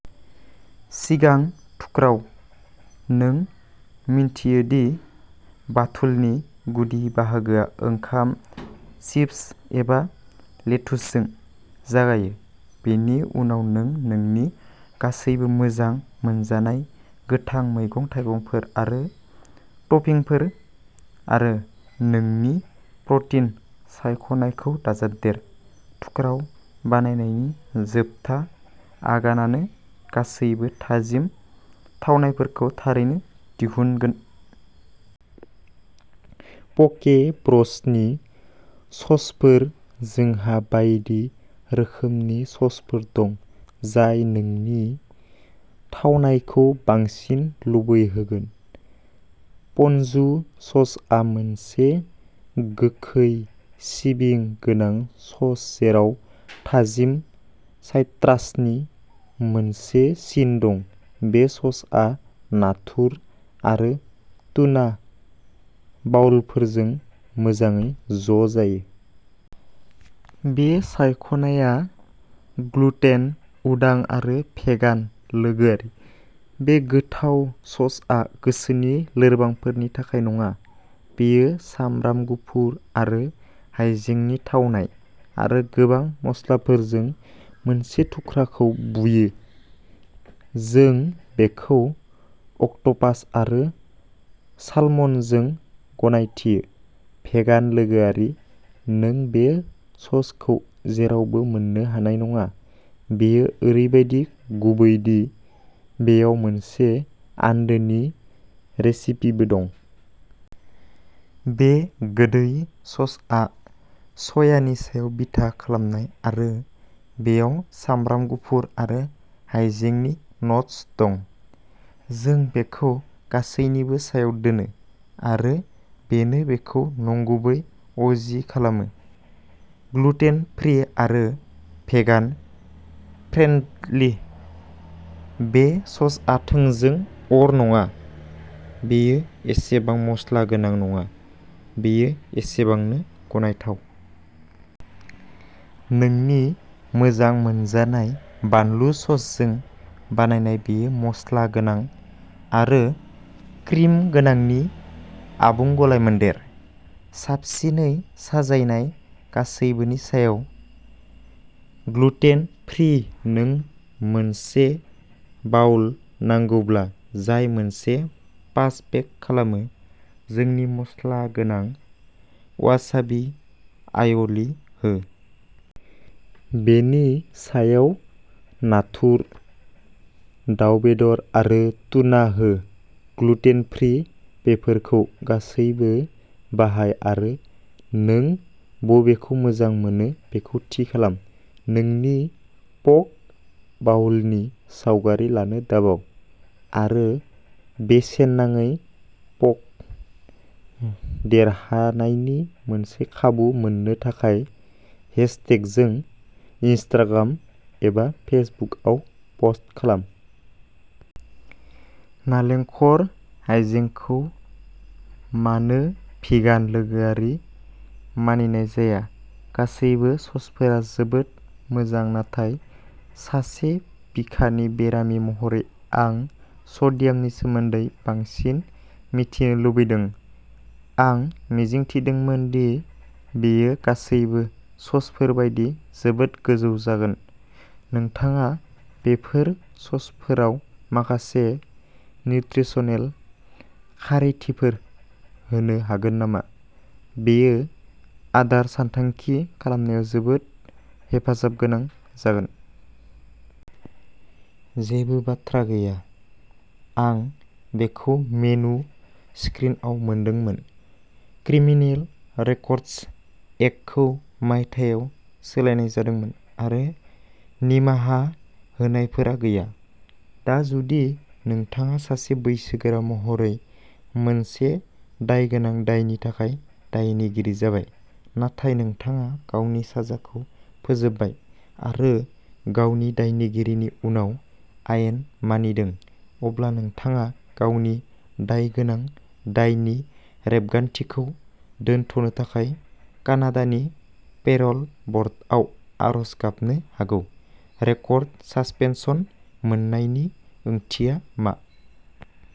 सिगां थुख्राव, नों मिन्थियो दि बाथुलनि गुदि बाहागोआ ओंखाम, चिप्स एबा लेतुसजों जागायो। बेनि उनाव नों नोंनि गासैबो मोजां मोनजानाय गोथां मैगं-थाइगंफोर आरो टपिंफोर आरो नोंनि प्रटिन सायख'नायखौ दाजाबदेर। थुख्राव बानायनायनि जोबथा आगानानो गासैबो थाजिम थावनायफोरखौ थारैनो दिहुनगोन। प'के ब्र'सनि ससफोर जोंहा बायदि रोखोमनि ससफोर दं जाय नोंनि थावनायखौ बांसिन लुबैहोगोन। पनजु ससआ मोनसे गोखै, सिबिं गोनां सस जेराव थाजिम साइट्रासनि मोनसे सिन दं। बे ससआ नाथुर आरो टुना बाउलफोरजों मोजाङै ज' जायो। बे सायख'नाया ग्लुटेन उदां आरो भेगान लोगोआरि। बे गोथाव ससआ गोसोनि लोरबांफोरनि थाखाय नङा। बेयो सामब्राम गुफुर आरो हाइजेंनि थावनाय आरो गोबां मस्लाफोरजों मोनसे थुख्राखौ बुयो। जों बेखौ अक्ट'पास आरो सालमनजों गनायथियो। भेगान लोगोआरि नों बे ससखौ जेरावबो मोन्नो हानाय नङा, बेयो ओरैबादि गुबै दि बेयाव मोनसे आन्दोनि रेसिपिबो दं। बे गोदै ससआ सयानि सायाव बिथा खालामनाय आरो बेयाव सामब्राम गुफुर आरो हाइजेंनि न'टस दं। जों बेखौ गासैनिबो सायाव दोनो, आरो बेनो बेखौ नंगुबै अ जि खालामो। ग्लुटेन फ्रि आरो भेगान फ्रेन्डलि। बे ससआ थोंजों अर नङा, बेयो एसेबां मस्ला गोनां नङा, बेयो एसेबांनो गनायथाव। नोंनि मोजां मोनजानाय बानलु ससजों बानायनाय बेयो मस्ला गोनां आरो क्रिम गोनांनि आबुं गलायमोन्देर। साबसिनै साजायनाय, गासैबोनि सायाव। ग्लुटेन फ्रि नों मोनसे बाउल नांगौब्ला जाय मोनसे पाञ्च पेक खालामो, जोंनि मस्ला गोनां वासाबि आय'लि हो। बेनि सायाव नाथुर, दाव बेदर आरो टुना हो ग्लुटेन फ्रि बेफोरखौ गासैबो बाहाय आरो नों बबेखौ मोजां मोनो बेखौ थि खालाम। नोंनि पक बाउलनि सावगारि लानो दाबाव। आरो बेसेन नाङै प'क देरहानायनि मोनसे खाबु मोननो थाखाय हेशटेग जों इनस्टाग्राम एबा फेसबुकआव पस्ट खालाम। नालेंखर हाइजेंखौ मानो भिगान लोगोआरि मानिनाय जाया गासैबो ससफोरा जोबोद मोजां नाथाय सासे बिखानि बेरामि महरै आं सडियामनि सोमोन्दै बांसिन मिथिनो लुबैदों। आं मिजिंथिदोंमोन दि बेयो गासैबो ससफोर बायदि जोबोद गोजौ जागोन। नोंथाङा बेफोर ससफोराव माखासे निउत्रिसनेल खारिथिफोर होनो हागोन नामा, बेयो आदार सानथांखि खालामनायाव जोबोद हेफाजाब गोनां जागोन। जेबो बाथ्रा गैया। आं बेखौ मेनु स्क्रिनआव मोनदोंमोन। क्रिमिनेल रेकर्डस एक्टखौ मायथाइयाव सोलायनाय जादोंमोन, आरो निमाहा होनायफोरा गैया। दा, जुदि नोंथाङा सासे बैसोगोरा महरै मोनसे दायगोनां दायनि थाखाय दायनिगिरि जाबाय, नाथाय नोंथाङा गावनि साजाखौ फोजोबबाय आरो गावनि दायनिगिरिनि उनाव आयेन मानिदों, अब्ला नोंथाङा गावनि दायगोनां दायनि रेबगान्थिखौ दोनथ'नो थाखाय कानाडानि पेर'ल बर्डआव आर'ज गाबनो हागौ। रेकर्ड सासपेनसन मोननायनि ओंथिया मा?